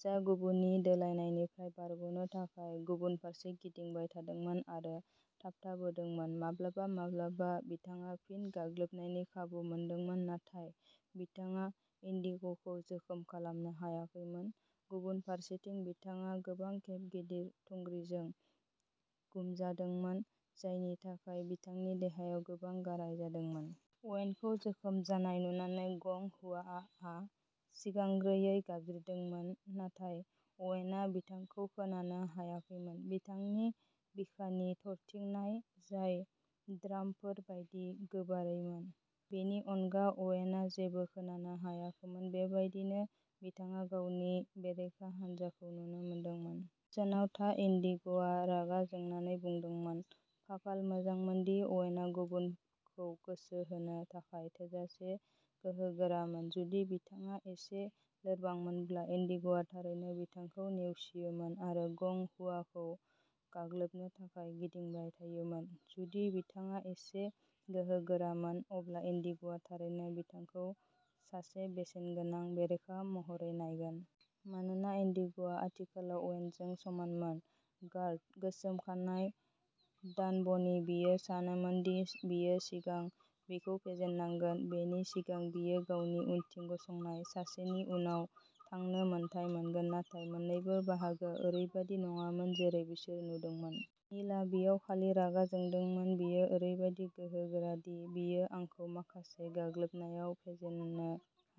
जा गुबुननि दोलायनायनिफ्राय बारग'नो थाखाय गुबुन फारसे गिदिंबाय थादोंमोन आरो थाबथाबोदोंमोन। माब्लाबा-माब्लाबा, बिथाङा फिन गाग्लोबनायनि खाबु मोनदोंमोन, नाथाय बिथाङा इन्डिग'खौ जोखोम खालामनो हायाखैमोन। गुबुन फारसेथिं, बिथाङा गोबां खेब गिदिर थुंग्रिजों गुमजादोंमोन, जायनि थाखाय बिथांनि देहायाव गोबां गाराय जादोंमोन। अवेनखौ जोखोम जानाय नुनानै, गं हुवाआआ सिगांग्रोयै गाबज्रिदोंमोन, नाथाय अवेनआ बिथांखौ खोनानो हायाखैमोन। बिथांनि बिखानि थरथिंनाय, जाय ड्रामफोर बायदि गोबारैमोन, बेनि अनगा अवेनआ जेबो खोनानो हायाखैमोन। बेबायदिनो, बिथाङा गावनि बेरेखा हान्जाखौ नुनो मोनदोंमोन। गोजानाव था इन्डिग'आ रागा जोंनानै बुंदोंमोन। खाफाल मोजांमोनदि, अवेनआ गुबुनखौ गोसो होनो थाखाय थोजासे गोहोगोरामोन। जुदि बिथाङा एसे लोरबांमोनब्ला, इन्डिग'आ थारैनो बिथांखौ नेवसियोमोन आरो गं हुआखौ गाग्लोबनो थाखाय गिदिंबाय थायोमोन। जुदि बिथाङा एसे गोहोगोरामोन, अब्ला इन्डिग'आ थारैनो बिथांखौ सासे बेसेनगोनां बेरेखा महरै नायगोन। मानोना इन्डिग'आ आथिखालाव अवेनजों समानमोन, गार्ड गोसोम खानाय दानबनि, बियो सानोमोन दि बियो सिगां बिखौ फेजेननांगोन बेनि सिगां बियो गावनि उनथिं गसंनाय सासेनि उनाव थांनो मोन्थाइ मोनगोन। नाथाय मोन्नैबो बाहागोआ ओरैबायदि नङामोन जेरै बिसोर नुदोंमोन। नीलआ बेयाव खालि रागा जोंदोंमोन। बियो ओरैबायदि गोहोगोरा दि बियो आंखौ माखासे गाग्लोबनायाव फेजेननो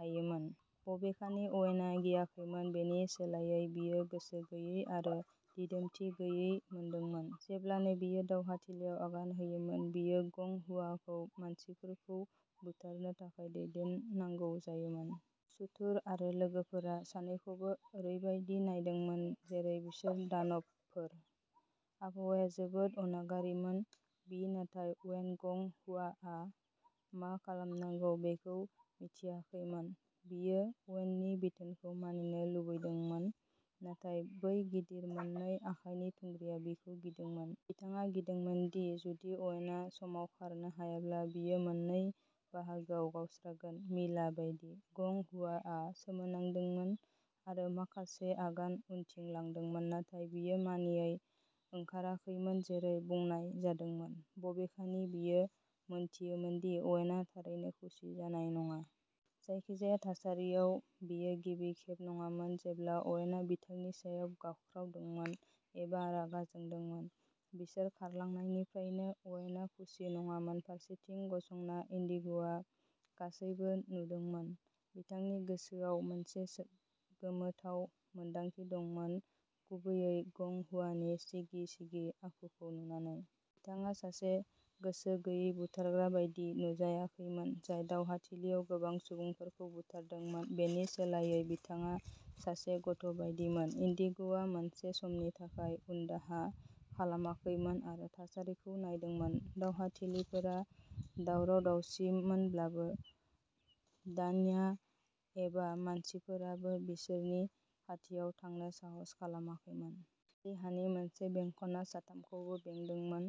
हायोमोन। बबेखानि, अवेनआ गियाखैमोन। बेनि सोलायै, बियो गोसो गैयै आरो दिदोमथि गैयै मोनदोंमोन। जेब्लानो बियो दावहाथिलियाव आगान होयोमोन, बियो गं हुआखौ मानसिफोरखौ बुथारनो थाखाय दैदेननांगौ जायोमोन। सुथुर आरो लोगोफोरा सानैखौबो ओरैबायदि नायदोंमोन जेरै बिसोर दानबफोर। आबहावाया जोबोद अनागारिमोन बि नाथाय, अवेन गं हुआआ मा खालामनांगौ बेखौ मिथियाखैमोन। बियो अवेननि बिथोनखौ मानिनो लुबैदोंमोन, नाथाय बै गिदिर मोननै आखाइनि थुंग्रिआ बिखौ गिदोंमोन। बिथाङा गिदोंमोन दि जुदि अवेनआ समाव खारनो हायाब्ला, बियो मोननै बाहागोआव गावस्रागोन मिला बायदि। गं हुआआ सोमोनांदोंमोन, आरो माखासे आगान उनथिं लांदोंमोन। नाथाय बियो मानियै ओंखाराखैमोन जेरै बुंनाय जादोंमोन, बबेखानि बियो मोनथियोमोन दि अवेनआ थारैनो खुसि जानाय नङा। जायखिजाया थासारियाव, बेयो गिबि खेब नङामोन जेब्ला अवेनआ बिथांनि सायाव गाबख्रावदोंमोन एबा रागा जोंदोंमोन। बिसोर खारलांनायनिफ्रायनो, अवेनआ खुसि नङामोन। फारसेथिं गसंना, इन्डिग'आ गासैबो नुदोंमोन। बिथांनि गोसोआव मोनसे सो गोमोथाव मोनदांथि दंमोन, गुबैयै गं हुआनि सिगि-सिगि आखुखौ नुनानै। बिथाङा सासे गोसो गैयै बुथारग्रा बायदि नुजायाखैमोन जाय दावहाथिलियाव गोबां सुबुंफोरखौ बुथारदोंमोन। बेनि सोलायै, बिथाङा सासे गथ'बायदिमोन। इन्डिग'आ मोनसे समनि थाखाय उनदाहा खालामाखैमोन आरो थासारिखौ नायदोंमोन। दावहाथिलिफोरा दावराव-दावसिमोनब्लाबो, दान्या एबा मानसिफोराबो बिसोरनि खाथियाव थांनो साहस खालामाखैमोन। लि हानि मोनसे बेंखनआ साथामखौबो बेंखनदोंमोन।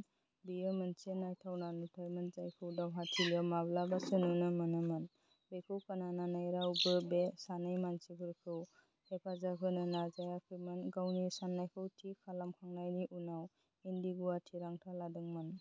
बेयो मोनसे नायथावना नुथायमोन जायखौ दावहाथिलियाव माब्लाबासो नुनो मोनोमोन। बेखौ खोनानानै, रावबो बे सानै मानसिफोरखौ हेफाजाब होनो नाजायाखैमोन। गावनि साननायखौ थि खालामखांनायनि उनाव, इन्डिग'आ थिरांथा लादोंमोन।